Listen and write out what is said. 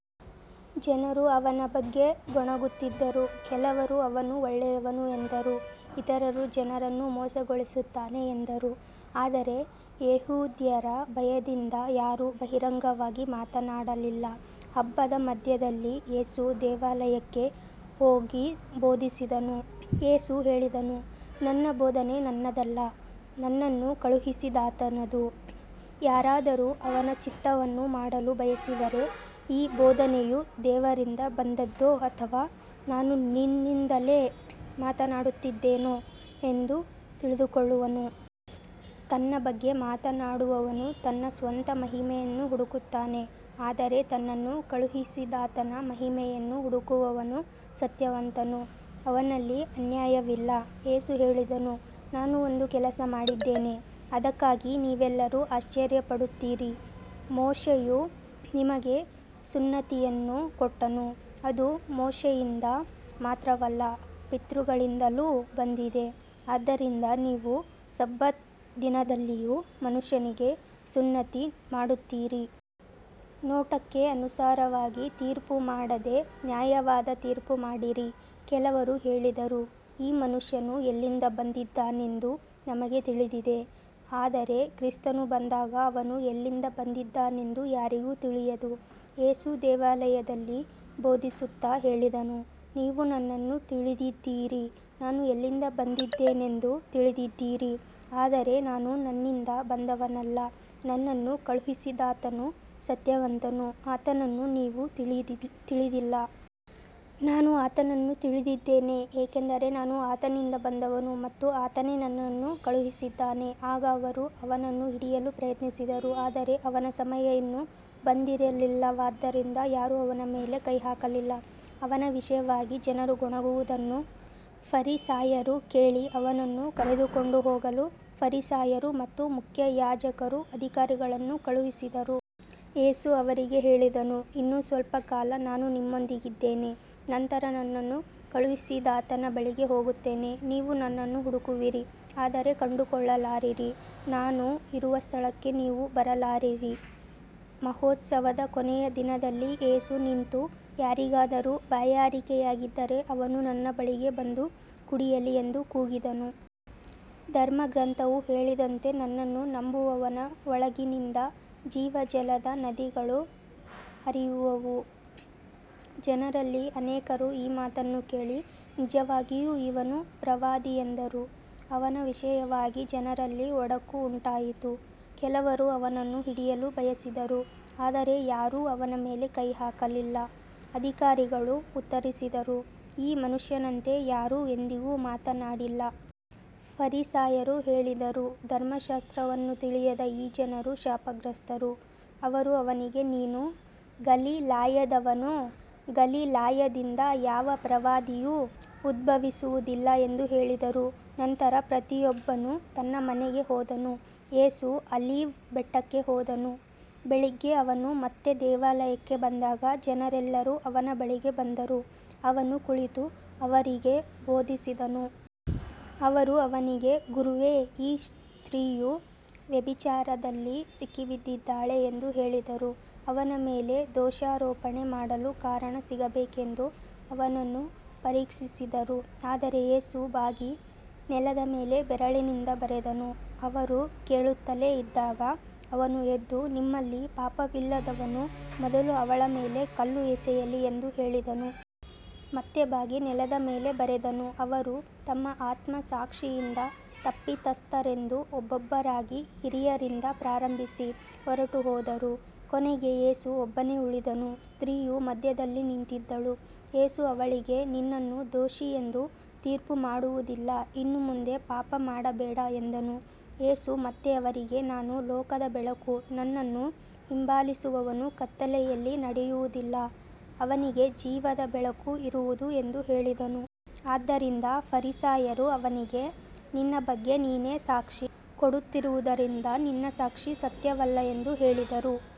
ಜನರು ಅವನ ಬಗ್ಗೆ ಗೊಣಗುತ್ತಿದ್ದರು, ಕೆಲವರು ಅವನು ಒಳ್ಳೆಯವನು ಎಂದರು, ಇತರರು ಜನರನ್ನು ಮೋಸಗೊಳಿಸುತ್ತಾನೆ ಎಂದರು, ಆದರೆ ಯೆಹೂದ್ಯರ ಭಯದಿಂದ ಯಾರೂ ಬಹಿರಂಗವಾಗಿ ಮಾತನಾಡಲಿಲ್ಲ. ಹಬ್ಬದ ಮಧ್ಯದಲ್ಲಿ ಯೇಸು ದೇವಾಲಯಕ್ಕೆ ಹೋಗಿ ಬೋಧಿಸಿದನು. ಯೇಸು ಹೇಳಿದನು, ನನ್ನ ಬೋಧನೆ ನನ್ನದಲ್ಲ, ನನ್ನನ್ನು ಕಳುಹಿಸಿದಾತನದು. ಯಾರಾದರೂ ಅವನ ಚಿತ್ತವನ್ನು ಮಾಡಲು ಬಯಸಿದರೆ ಈ ಬೋಧನೆಯು ದೇವರಿಂದ ಬಂದದ್ದೋ ಅಥವಾ ನಾನು ನನ್ನಿಂದಲೇ ಮಾತನಾಡುತ್ತೇನೋ ಎಂದು ತಿಳಿದುಕೊಳ್ಳುವನು. ತನ್ನ ಬಗ್ಗೆ ಮಾತನಾಡುವವನು ತನ್ನ ಸ್ವಂತ ಮಹಿಮೆಯನ್ನು ಹುಡುಕುತ್ತಾನೆ, ಆದರೆ ತನ್ನನ್ನು ಕಳುಹಿಸಿದಾತನ ಮಹಿಮೆಯನ್ನು ಹುಡುಕುವವನು ಸತ್ಯವಂತನು, ಅವನಲ್ಲಿ ಅನ್ಯಾಯವಿಲ್ಲ. ಯೇಸು ಹೇಳಿದನು, ನಾನು ಒಂದು ಕೆಲಸ ಮಾಡಿದ್ದೇನೆ, ಅದಕ್ಕಾಗಿ ನೀವೆಲ್ಲರೂ ಆಶ್ಚರ್ಯಪಡುತ್ತೀರಿ. ಮೋಶೆಯು ನಿಮಗೆ ಸುನ್ನತಿಯನ್ನು ಕೊಟ್ಟನು, ಅದು ಮೋಶೆಯಿಂದ ಮಾತ್ರವಲ್ಲ, ಪಿತೃಗಳಿಂದಲೂ ಬಂದಿದೆ, ಆದ್ದರಿಂದ ನೀವು ಸಬ್ಬತ್ ದಿನದಲ್ಲಿಯೂ ಮನುಷ್ಯನಿಗೆ ಸುನ್ನತಿ ಮಾಡುತ್ತೀರಿ. ನೋಟಕ್ಕೆ ಅನುಸಾರವಾಗಿ ತೀರ್ಪು ಮಾಡದೆ ನ್ಯಾಯವಾದ ತೀರ್ಪು ಮಾಡಿರಿ. ಕೆಲವರು ಹೇಳಿದರು, ಈ ಮನುಷ್ಯನು ಎಲ್ಲಿಂದ ಬಂದಿದ್ದಾನೆಂದು ನಮಗೆ ತಿಳಿದಿದೆ, ಆದರೆ ಕ್ರಿಸ್ತನು ಬಂದಾಗ ಅವನು ಎಲ್ಲಿಂದ ಬಂದಿದ್ದಾನೆಂದು ಯಾರಿಗೂ ತಿಳಿಯದು. ಯೇಸು ದೇವಾಲಯದಲ್ಲಿ ಬೋಧಿಸುತ್ತಾ ಹೇಳಿದನು, ನೀವು ನನ್ನನ್ನು ತಿಳಿದಿದ್ದೀರಿ, ನಾನು ಎಲ್ಲಿಂದ ಬಂದಿದ್ದೇನೆಂದೂ ತಿಳಿದಿದ್ದೀರಿ, ಆದರೆ ನಾನು ನನ್ನಿಂದ ಬಂದವನಲ್ಲ, ನನ್ನನ್ನು ಕಳುಹಿಸಿದಾತನು ಸತ್ಯವಂತನು, ಆತನನ್ನು ನೀವು ತಿಳಿದಿಲ್ಲ. ನಾನು ಆತನನ್ನು ತಿಳಿದಿದ್ದೇನೆ, ಏಕೆಂದರೆ ನಾನು ಆತನಿಂದ ಬಂದವನು ಮತ್ತು ಆತನೇ ನನ್ನನ್ನು ಕಳುಹಿಸಿದ್ದಾನೆ. ಆಗ ಅವರು ಅವನನ್ನು ಹಿಡಿಯಲು ಪ್ರಯತ್ನಿಸಿದರು, ಆದರೆ ಅವನ ಸಮಯ ಇನ್ನೂ ಬಂದಿರಲಿಲ್ಲವಾದ್ದರಿಂದ ಯಾರೂ ಅವನ ಮೇಲೆ ಕೈ ಹಾಕಲಿಲ್ಲ. ಅವನ ವಿಷಯವಾಗಿ ಜನರು ಗೊಣಗುವುದನ್ನು ಫರಿಸಾಯರು ಕೇಳಿ, ಅವನನ್ನು ಕರೆದುಕೊಂಡು ಹೋಗಲು ಫರಿಸಾಯರು ಮತ್ತು ಮುಖ್ಯಯಾಜಕರು ಅಧಿಕಾರಿಗಳನ್ನು ಕಳುಹಿಸಿದರು. ಯೇಸು ಅವರಿಗೆ ಹೇಳಿದನು, ಇನ್ನೂ ಸ್ವಲ್ಪ ಕಾಲ ನಾನು ನಿಮ್ಮೊಂದಿಗಿದ್ದೇನೆ, ನಂತರ ನನ್ನನ್ನು ಕಳುಹಿಸಿದಾತನ ಬಳಿಗೆ ಹೋಗುತ್ತೇನೆ. ನೀವು ನನ್ನನ್ನು ಹುಡುಕುವಿರಿ, ಆದರೆ ಕಂಡುಕೊಳ್ಳಲಾರಿರಿ, ನಾನು ಇರುವ ಸ್ಥಳಕ್ಕೆ ನೀವು ಬರಲಾರಿರಿ. ಮಹೋತ್ಸವದ ಕೊನೆಯ ದಿನದಲ್ಲಿ ಯೇಸು ನಿಂತು, ಯಾರಿಗಾದರೂ ಬಾಯಾರಿಕೆಯಾಗಿದ್ದರೆ ಅವನು ನನ್ನ ಬಳಿಗೆ ಬಂದು ಕುಡಿಯಲಿ ಎಂದು ಕೂಗಿದನು. ಧರ್ಮಗ್ರಂಥವು ಹೇಳಿದಂತೆ, ನನ್ನನ್ನು ನಂಬುವವನ ಒಳಗಿನಿಂದ ಜೀವಜಲದ ನದಿಗಳು ಹರಿಯುವವು. ಜನರಲ್ಲಿ ಅನೇಕರು ಈ ಮಾತನ್ನು ಕೇಳಿ, ನಿಜವಾಗಿಯೂ ಇವನು ಪ್ರವಾದಿ ಎಂದರು. ಅವನ ವಿಷಯವಾಗಿ ಜನರಲ್ಲಿ ಒಡಕು ಉಂಟಾಯಿತು, ಕೆಲವರು ಅವನನ್ನು ಹಿಡಿಯಲು ಬಯಸಿದರು, ಆದರೆ ಯಾರೂ ಅವನ ಮೇಲೆ ಕೈ ಹಾಕಲಿಲ್ಲ. ಅಧಿಕಾರಿಗಳು ಉತ್ತರಿಸಿದರು, ಈ ಮನುಷ್ಯನಂತೆ ಯಾರೂ ಎಂದಿಗೂ ಮಾತನಾಡಿಲ್ಲ. ಫರಿಸಾಯರು ಹೇಳಿದರು, ಧರ್ಮಶಾಸ್ತ್ರವನ್ನು ತಿಳಿಯದ ಈ ಜನರು ಶಾಪಗ್ರಸ್ತರು. ಅವರು ಅವನಿಗೆ, ನೀನೂ ಗಲಿಲಾಯದವನೋ, ಗಲಿಲಾಯದಿಂದ ಯಾವ ಪ್ರವಾದಿಯೂ ಉದ್ಭವಿಸುವುದಿಲ್ಲ ಎಂದು ಹೇಳಿದರು. ನಂತರ ಪ್ರತಿಯೊಬ್ಬನು ತನ್ನ ಮನೆಗೆ ಹೋದನು. ಯೇಸು ಆಲಿವ್ ಬೆಟ್ಟಕ್ಕೆ ಹೋದನು. ಬೆಳಿಗ್ಗೆ ಅವನು ಮತ್ತೆ ದೇವಾಲಯಕ್ಕೆ ಬಂದಾಗ ಜನರೆಲ್ಲರೂ ಅವನ ಬಳಿಗೆ ಬಂದರು, ಅವನು ಕುಳಿತು ಅವರಿಗೆ ಬೋಧಿಸಿದನು. ಅವರು ಅವನಿಗೆ, ಗುರುವೇ, ಈ ಸ್ತ್ರೀಯು ವ್ಯಭಿಚಾರದಲ್ಲಿ ಸಿಕ್ಕಿಬಿದ್ದಿದ್ದಾಳೆ ಎಂದು ಹೇಳಿದರು. ಅವನ ಮೇಲೆ ದೋಷಾರೋಪಣೆ ಮಾಡಲು ಕಾರಣ ಸಿಗಬೇಕೆಂದು ಅವನನ್ನು ಪರೀಕ್ಷಿಸಿದರು, ಆದರೆ ಯೇಸು ಬಾಗಿ ನೆಲದ ಮೇಲೆ ಬೆರಳಿನಿಂದ ಬರೆದನು. ಅವರು ಕೇಳುತ್ತಲೇ ಇದ್ದಾಗ ಅವನು ಎದ್ದು, ನಿಮ್ಮಲ್ಲಿ ಪಾಪವಿಲ್ಲದವನು ಮೊದಲು ಅವಳ ಮೇಲೆ ಕಲ್ಲು ಎಸೆಯಲಿ ಎಂದು ಹೇಳಿದನು. ಮತ್ತೆ ಬಾಗಿ ನೆಲದ ಮೇಲೆ ಬರೆದನು. ಅವರು ತಮ್ಮ ಆತ್ಮಸಾಕ್ಷಿಯಿಂದ ತಪ್ಪಿತಸ್ಥರೆಂದು ಒಬ್ಬೊಬ್ಬರಾಗಿ ಹಿರಿಯರಿಂದ ಪ್ರಾರಂಭಿಸಿ ಹೊರಟುಹೋದರು. ಕೊನೆಗೆ ಯೇಸು ಒಬ್ಬನೇ ಉಳಿದನು, ಸ್ತ್ರೀಯು ಮಧ್ಯದಲ್ಲಿ ನಿಂತಿದ್ದಳು. ಯೇಸು ಅವಳಿಗೆ, ನಿನ್ನನ್ನು ದೋಷಿ ಎಂದು ತೀರ್ಪುಮಾಡುವುದಿಲ್ಲ, ಇನ್ನು ಮುಂದೆ ಪಾಪ ಮಾಡಬೇಡ ಎಂದನು. ಯೇಸು ಮತ್ತೆ ಅವರಿಗೆ, ನಾನು ಲೋಕದ ಬೆಳಕು, ನನ್ನನ್ನು ಹಿಂಬಾಲಿಸುವವನು ಕತ್ತಲೆಯಲ್ಲಿ ನಡೆಯುವುದಿಲ್ಲ, ಅವನಿಗೆ ಜೀವದ ಬೆಳಕು ಇರುವುದು ಎಂದು ಹೇಳಿದನು. ಆದ್ದರಿಂದ ಫರಿಸಾಯರು ಅವನಿಗೆ, ನಿನ್ನ ಬಗ್ಗೆ ನೀನೇ ಸಾಕ್ಷಿ ಕೊಡುತ್ತಿರುವುದರಿಂದ ನಿನ್ನ ಸಾಕ್ಷಿ ಸತ್ಯವಲ್ಲ ಎಂದು ಹೇಳಿದರು.